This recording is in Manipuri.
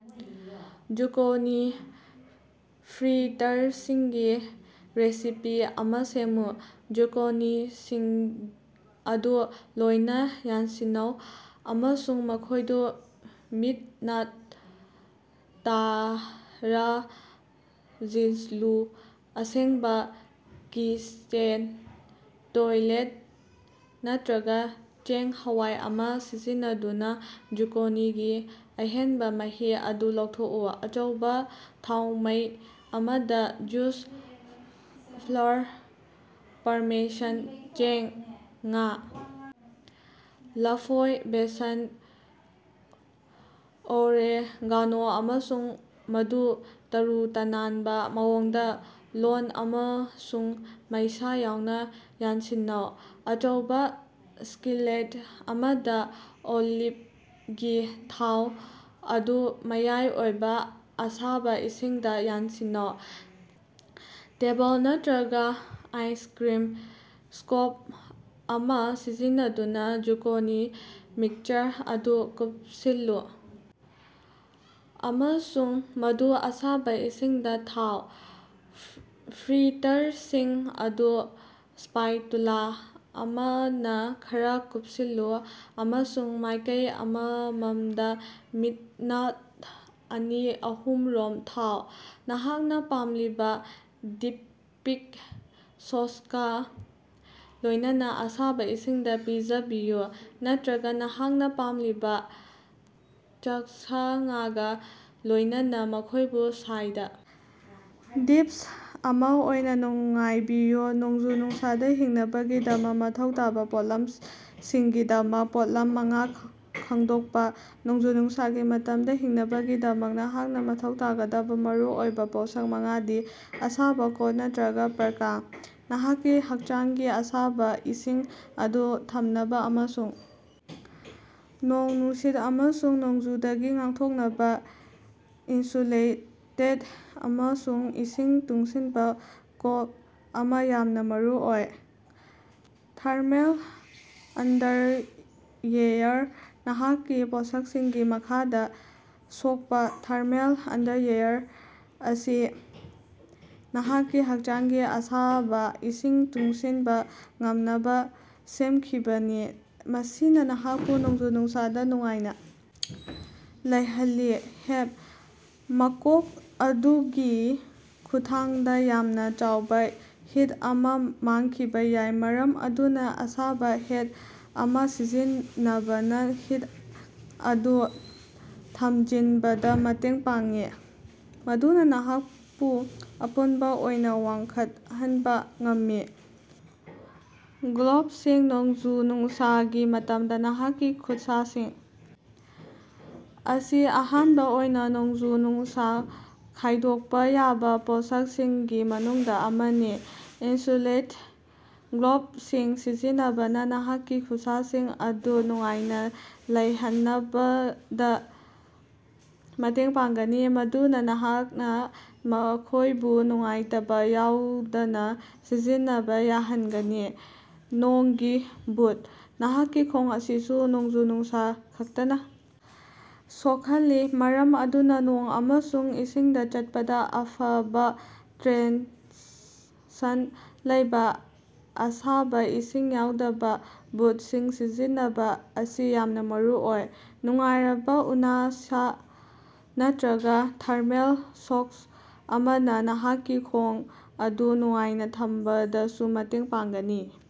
ꯖꯨꯀꯣꯅꯤ ꯐ꯭ꯔꯤꯇꯔꯁꯤꯡꯒꯤ ꯔꯦꯁꯤꯄꯤ ꯑꯃꯥ ꯁꯦꯝꯃꯨ꯫ ꯖꯨꯀꯣꯅꯤꯁꯤꯡ ꯑꯗꯨ ꯂꯣꯏꯅꯥ ꯌꯥꯟꯁꯤꯟꯅꯧ ꯑꯃꯁꯨꯡ ꯃꯈꯣꯢꯗꯨ ꯃꯤꯅꯠ ꯇꯔꯥꯊꯃꯖꯤꯜꯂꯨ꯫ ꯑꯁꯦꯡꯕꯥ ꯀꯤꯆꯦꯟ ꯇꯣꯏꯂꯦꯠ ꯅꯠꯇ꯭ꯔꯒꯥ ꯆꯦꯡ-ꯍꯋꯥꯏ ꯑꯃꯥ ꯁꯤꯖꯤꯟꯅꯗꯨꯅꯥ ꯖꯨꯀꯣꯅꯤꯒꯤ ꯑꯍꯦꯟꯕꯥ ꯃꯍꯤ ꯑꯗꯨ ꯂꯧꯊꯣꯛꯎ꯫ ꯑꯆꯧꯕꯥ ꯊꯥꯎꯃꯩ ꯑꯃꯗꯥ ꯖꯨꯁ, ꯐ꯭ꯂꯔ, ꯄꯥꯔꯃꯦꯁꯟ ꯆꯦꯡ, ꯉꯥ, ꯂꯐꯣꯏ, ꯕꯦꯁꯟ, ꯑꯣꯔꯦꯒꯥꯅꯣ, ꯑꯃꯁꯨꯡ ꯃꯗꯨ ꯇꯔꯨ-ꯇꯅꯥꯟꯕꯥ ꯃꯑꯣꯡꯗꯥ ꯂꯣꯟ ꯑꯃꯁꯨꯡ ꯃꯩꯁꯥ ꯌꯥꯎꯅꯥ ꯌꯥꯟꯁꯤꯟꯅꯧ꯫ ꯑꯆꯧꯕꯥ ꯁ꯭ꯀꯤꯂꯦꯠ ꯑꯃꯗꯥ ꯑꯣꯂꯤꯚꯒꯤ ꯊꯥꯎ ꯑꯗꯨ ꯃꯌꯥꯏ ꯑꯣꯏꯕꯥ ꯑꯁꯥꯕꯥ ꯏꯁꯤꯡꯗꯥ ꯌꯥꯟꯁꯤꯟꯅꯧ꯫ ꯇꯦꯕꯜ ꯅꯠꯇ꯭ꯔꯒꯥ ꯑꯥꯏꯁꯀ꯭ꯔꯤꯝ ꯁ꯭ꯀꯣꯞ ꯑꯃꯥ ꯁꯤꯖꯤꯟꯅꯗꯨꯅꯥ ꯖꯨꯀꯣꯅꯤ ꯃꯤꯛꯁꯆꯔ ꯑꯗꯨ ꯀꯨꯄꯁꯤꯜꯂꯨ ꯑꯃꯁꯨꯡ ꯃꯗꯨ ꯑꯁꯥꯕꯥ ꯏꯁꯤꯡꯗꯥ ꯊꯥꯎ꯫ ꯐ꯭ꯔꯤꯇꯔꯁꯤꯡ ꯑꯗꯨ ꯁ꯭ꯄꯥꯏꯇꯨꯂꯥ ꯑꯃꯅꯥ ꯈꯔꯥ ꯀꯨꯄꯁꯤꯟꯂꯨ ꯑꯃꯁꯨꯡ ꯃꯥꯢꯀꯩ ꯑꯃꯃꯝꯗꯥ ꯃꯤꯅꯠ ꯑꯅꯤ ꯑꯍꯨꯝꯔꯣꯝ ꯊꯥꯎ꯫ ꯅꯍꯥꯛꯅꯥ ꯄꯥꯝꯂꯤꯕꯥ ꯗꯤꯞꯄꯤꯡ ꯁꯣꯁꯀꯥ ꯂꯣꯢꯅꯅꯥ ꯑꯁꯥꯕꯥ ꯏꯁꯤꯡꯗꯥ ꯄꯤꯖꯕꯤꯌꯨ ꯅꯠꯇ꯭ꯔꯒꯥ ꯅꯍꯥꯛꯅꯥ ꯄꯥꯝꯂꯤꯕꯥ ꯆꯥꯀꯁꯉꯒꯥ ꯂꯣꯌꯅꯅꯥ ꯃꯈꯣꯢꯕꯨ ꯁꯥꯏꯗ ꯗꯤꯁ ꯑꯃꯥ ꯑꯣꯏꯅꯥ ꯅꯨꯡꯉꯥꯏꯕꯤꯌꯨ꯫ ꯅꯣꯡꯖꯨ-ꯅꯨꯡꯁꯥꯗꯥ ꯍꯤꯡꯅꯕꯒꯤꯗꯃꯛ ꯃꯊꯧ ꯇꯥꯕꯥ ꯄꯣꯠꯂꯝ ꯁꯤꯡꯒꯤꯗꯃꯛ ꯄꯣꯠꯂꯝ ꯃꯉꯥ ꯈꯪꯗꯣꯛꯄꯥ꯫ ꯅꯣꯡꯖꯨ-ꯅꯨꯡꯁꯥꯒꯤ ꯃꯇꯝꯗꯥ ꯍꯤꯡꯅꯕꯒꯤꯗꯃꯛ ꯅꯍꯥꯛꯅꯥ ꯃꯊꯧ ꯇꯥꯒꯗꯕꯥ ꯃꯔꯨꯑꯣꯏꯕꯥ ꯄꯣꯠꯁꯛ ꯃꯉꯥꯗꯤ: ꯑꯁꯥꯕꯥ ꯀꯣꯠ ꯅꯠꯇ꯭ꯔꯒꯥ ꯄꯥꯔꯀꯥ: ꯅꯍꯥꯛꯀꯤ ꯍꯛꯆꯥꯡꯒꯤ ꯑꯁꯥꯕꯥ ꯏꯁꯤꯡ ꯑꯗꯨ ꯊꯝꯅꯕꯥ ꯑꯃꯁꯨꯡ ꯅꯣꯡ ꯅꯨꯡꯁꯤꯠ ꯑꯃꯁꯨꯡ ꯅꯣꯡꯖꯨꯗꯒꯤ ꯉꯥꯛꯊꯣꯛꯅꯕꯥ ꯏꯟꯁꯨꯂꯦꯇꯦꯗ ꯑꯃꯁꯨꯡ ꯏꯁꯤꯡ ꯇꯨꯡꯁꯤꯟꯕꯥ ꯀꯣꯠ ꯑꯃꯥ ꯌꯥꯝꯅꯥ ꯃꯔꯨꯑꯣꯏ꯫ ꯊꯔꯃꯦꯜ ꯑꯟꯗꯔꯋꯦꯌꯔ ꯅꯍꯥꯛꯀꯤ ꯄꯣꯠꯁꯛꯁꯤꯡꯒꯤ ꯃꯈꯥꯗꯥ ꯁꯣꯛꯄꯥ, ꯊꯔꯃꯦꯜ ꯑꯟꯗꯔꯋꯦꯌꯔ ꯑꯁꯤ ꯅꯍꯥꯛꯀꯤ ꯍꯛꯆꯥꯡꯒꯤ ꯑꯁꯥꯕꯥ ꯏꯁꯤꯡ ꯇꯨꯡꯁꯤꯟꯕꯥ ꯉꯝꯅꯕꯥ ꯁꯦꯃꯈꯤꯕꯅꯤ, ꯃꯁꯤꯅꯥ ꯅꯍꯥꯛꯄꯨ ꯅꯣꯡꯖꯨ-ꯅꯨꯡꯁꯥꯗꯥ ꯅꯨꯡꯉꯥꯏꯅꯥ ꯂꯩꯍꯜꯂꯤ꯫ ꯍꯦꯠ: ꯃꯀꯣꯛ ꯑꯗꯨꯒꯤ ꯈꯨꯠꯊꯥꯡꯗꯥ ꯌꯥꯝꯅꯥ ꯆꯥꯎꯕꯥ ꯍꯤꯠ ꯑꯃꯥ ꯃꯥꯡꯈꯤꯕꯥ ꯌꯥꯏ, ꯃꯔꯝ ꯑꯗꯨꯅꯥ ꯑꯁꯥꯕꯥ ꯍꯦꯠ ꯑꯃꯥ ꯁꯤꯖꯤꯟꯅꯕꯅꯥ ꯍꯤꯠ ꯑꯗꯨ ꯊꯃꯖꯤꯟꯕꯗꯥ ꯃꯇꯦꯡ ꯄꯥꯡꯏ, ꯃꯗꯨꯅꯥ ꯅꯍꯥꯛꯄꯨ ꯑꯄꯨꯟꯕꯥ ꯑꯣꯏꯅꯥ ꯋꯥꯡꯈꯠꯍꯟꯕꯥ ꯉꯝꯃꯤ꯫ ꯒ꯭ꯂꯣꯕꯁꯤꯡ ꯅꯣꯡꯖꯨ-ꯅꯨꯡꯁꯥꯒꯤ ꯃꯇꯝꯗꯥ, ꯅꯍꯥꯛꯀꯤ ꯈꯨꯠꯁꯥꯁꯤꯡ ꯑꯁꯤ ꯑꯍꯥꯟꯕꯥ ꯑꯣꯏꯅꯥ ꯅꯣꯡꯖꯨ-ꯅꯨꯡꯁꯥ ꯈꯥꯢꯗꯣꯛꯄꯥ ꯌꯥꯕꯥ ꯄꯣꯠꯁꯛꯁꯤꯡꯒꯤ ꯃꯅꯨꯡꯗꯥ ꯑꯃꯅꯤ꯫ ꯏꯟꯁꯨꯂꯦꯇꯦꯗ ꯒ꯭ꯂꯣꯕꯁꯤꯡ ꯁꯤꯖꯤꯟꯅꯕꯅꯥ ꯅꯍꯥꯛꯀꯤ ꯈꯨꯠꯁꯥꯁꯤꯡ ꯑꯗꯨ ꯅꯨꯡꯉꯥꯏꯅꯥ ꯂꯩꯍꯅꯕꯗꯥ ꯃꯇꯦꯡ ꯄꯥꯡꯒꯅꯤ, ꯃꯗꯨꯅꯥ ꯅꯍꯥꯛꯅꯥ ꯃꯈꯣꯢꯕꯨ ꯅꯨꯡꯉꯥꯏꯇꯕꯥ ꯌꯥꯎꯗꯅꯥ ꯁꯤꯖꯤꯟꯅꯕꯥ ꯌꯥꯍꯟꯒꯅꯤ꯫ ꯅꯣꯡꯒꯤ ꯕꯨꯠ: ꯅꯍꯥꯛꯀꯤ ꯈꯣꯡ ꯑꯁꯤꯁꯨ ꯅꯣꯡꯖꯨ-ꯅꯨꯡꯁꯥ ꯈꯥꯛꯇꯅꯥ ꯁꯣꯛꯍꯜꯂꯤ ꯃꯔꯝ ꯑꯗꯨꯅꯥ ꯅꯣꯡ ꯑꯃꯁꯨꯡ ꯏꯁꯤꯡꯗꯥ ꯆꯠꯄꯗꯥ ꯑꯐꯕꯥ ꯇ꯭ꯔꯦꯛꯁꯟ ꯂꯩꯕꯥ ꯑꯁꯥꯕꯥ ꯏꯁꯤꯡ ꯌꯥꯎꯗꯕꯥ ꯕꯨꯠꯁꯤꯡ ꯁꯤꯖꯤꯟꯅꯕꯥ ꯑꯁꯤ ꯌꯥꯝꯅꯥ ꯃꯔꯨꯑꯣꯏ꯫ ꯅꯨꯡꯉꯥꯏꯔꯕꯥ ꯎꯅꯁꯥ ꯅꯠꯇ꯭ꯔꯒꯥ ꯊꯔꯃꯦꯜ ꯁꯣꯛꯁ ꯑꯃꯅꯥ ꯅꯍꯥꯛꯀꯤ ꯈꯣꯡ ꯑꯗꯨ ꯅꯨꯡꯉꯥꯏꯅꯥ ꯊꯝꯕꯗꯁꯨ ꯃꯇꯦꯡ ꯄꯥꯡꯒꯅꯤ꯫